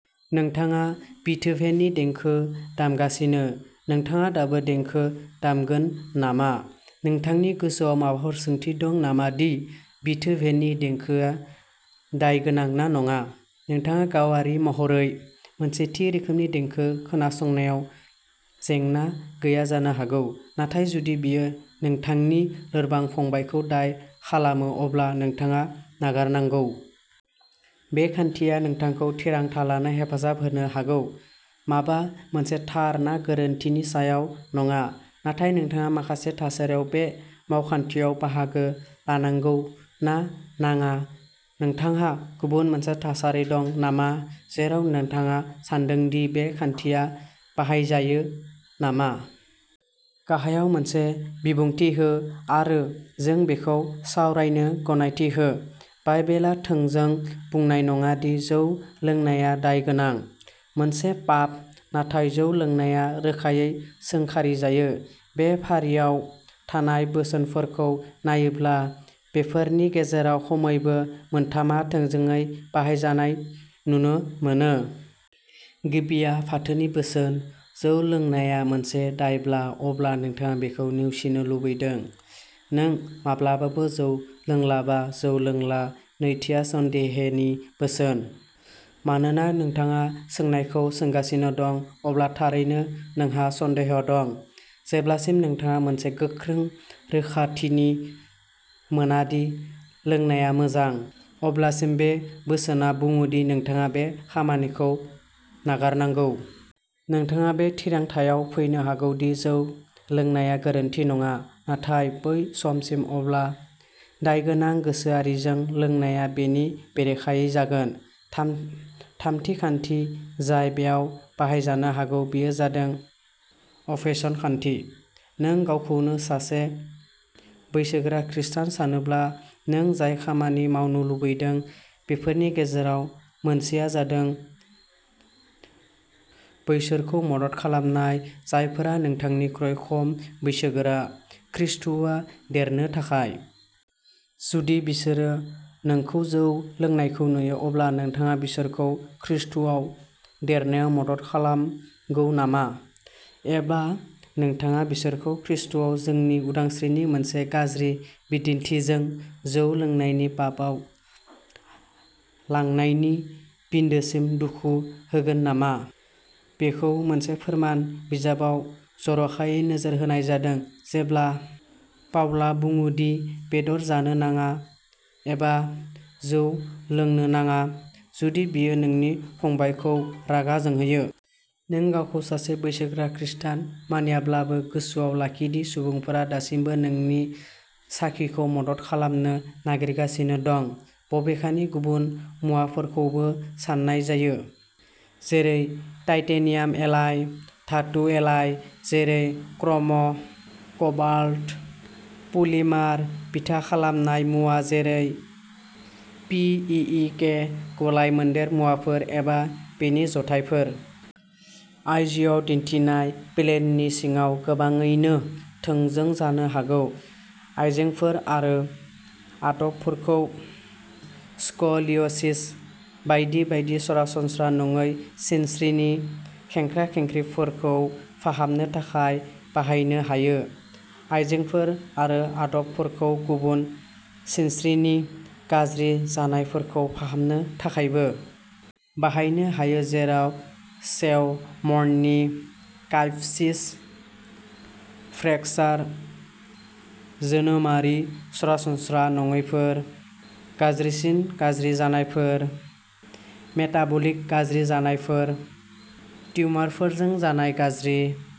नोंथाङा बीथोभेननि देंखो दामगासिनो, नोंथाङा दाबो देंखो दामगोन नामा? नोंथांनि गोसोआव माबाफोर सोंथि दं नामा दि बीथोभेननि देंखोआ दायगोनां ना नङा? नोंथाङा गावारि महरै मोनसे थि रोखोमनि देंखो खोनासंनायाव जेंना गैया जानो हागौ, नाथाय जुदि बेयो नोंथांनि लोरबां फंबायखौ दाय खालामो अब्ला नोंथाङा नागारनांगौ। बे खान्थिया नोंथांखौ थिरांथा लानो हेफाजाब होनो हागौ माबा मोनसे थार ना गोरोन्थिनि सायाव नङा, नाथाय नोंथाङा माखासे थासारियाव बे मावखान्थियाव बाहागो लानांगौ ना नाङा। नोंथांहा गुबुन मोनसे थासारि दं नामा जेराव नोंथाङा सानदों दि बे खान्थिया बाहायजायो नामा? गाहायाव मोनसे बिबुंथि हो आरो जों बेखौ सावरायनो गनायथि हो। बाइबेला थोंजों बुंनाय नङा दि जौ लोंनाया दायगोनां। मोनसे पाप। नाथाय जौ लोंनाया रोखायै सोंखारिजायो। बे फारिआव थानाय बोसोनफोरखौ नायोब्ला, बेफोरनि गेजेराव खमैबो मोनथामआ थोंजोङै बाहायजानाय नुनो मोनो। गिबिया फाथोनि बोसोन। जौ लोंनाया मोनसे दायब्ला, अब्ला नोंथाङा बेखौ नेवसिनो लुबैदों। नों माब्लाबाबो जौ लोंलाबा जौ लोंला। नैथिआ सन्देहनि बोसोन। मानोना नोंथाङा सोंनायखौ सोंगासिनो दं, अब्ला थारैनो नोंहा सन्देह दं। जेब्लासिम नोंथाङा मोनसे गोख्रों रोखाथिनि मोना दि लोंनाया मोजां, अब्लासिम बे बोसोनआ बुङो दि नोंथाङा बे खामानिखौ नागारनांगौ। नोंथाङा बे थिरांथायाव फैनो हागौ दि जौ लोंनाया गोरोन्थि नङा, नाथाय बै समसिम, अब्ला दायगोनां गोसोआरिजों लोंनायआ बेनि बेरेखायै जागोन। थाम थामथि खान्थि जाय बेयाव बाहायजानो हागौ बेयो जादों अफेसन खान्थि। नों गावखौनो सासे बैसोगोरा खृस्टान सानोब्ला, नों जाय खामानि मावनो लुबैदों, बेफोरनि गेजेराव मोनसेआ जादों बैसोरखौ मदद खालामनाय, जायफोरा नोंनिख्रुइ खम बैसोगोरा, खृष्टआव देरनो थाखाय। जुदि बिसोरो नोंखौ जौ लोंनायखौ नुयो, अब्ला नोंथाङा बिसोरखौ खृष्टआव देरनायाव मदद खालामगौ नामा? एबा, नोंथाङा बिसोरखौ ख्रीष्टआव जोंनि उदांस्रिनि मोनसे गाज्रि बिदिन्थिजों जौ लोंनायनि पापआव लांनायनि बिन्दोसिम दुखु होगोन नामा? बेखौ मोनसे फोरमान बिजाबाव जर'खायै नोजोर होनाय जादों, जेब्ला पाउला बुङो दि बेदर जानो नाङा एबा जौ लोंनो नाङा, जुदि बेयो नोंनि फंबायखौ रागा जोंहोयो। नों गावखौ सासे बैसोगोरा खृस्टान मानियाब्लाबो, गोसोआव लाखि दि सुबुंफोरा दासिमबो नोंनि साखिखौ मदद खालामनो नागिरगासिनो दं। बबेखानि, गुबुन मुवाफोरखौबो सान्नाय जायो, जेरै, टाइटेनियाम एलाय, धातु एलाय जेरै क्रम'-कबाल्ट, पलिमार बिथा खालामनाय मुवा जेरै पी इ इ के गलायमोन्देर मुवाफोर, एबा बेनि जथायफोर। आइ जि आव दिन्थिनाय प्लेननि सिङाव गोबाङैनो थोंजों जानो हागौ। आइजेंफोर आरो आदबफोरखौ स्क'लिय'सिस बायदि बायदि सरासनस्रा नङै सिनस्रिनि खेंख्रा-खेंख्रिफोरखौ फाहामनो थाखाय बाहायनो हायो। आइजेंफोर आरो आदबफोरखौ गुबुन सिनस्रिनि गाज्रि जानायफोरखौ फाहामनो थाखायबो बाहायनो हायो, जेराव शेउमर्ननि काइफसिस, फ्रेकचार, जोनोमारि सरासनस्रा नङैफोर, गाज्रिसिन गाज्रि जानायफोर, मेटाबलिक गाज्रि जानायफोर, टिउमारफोरजों जानाय गाज्रि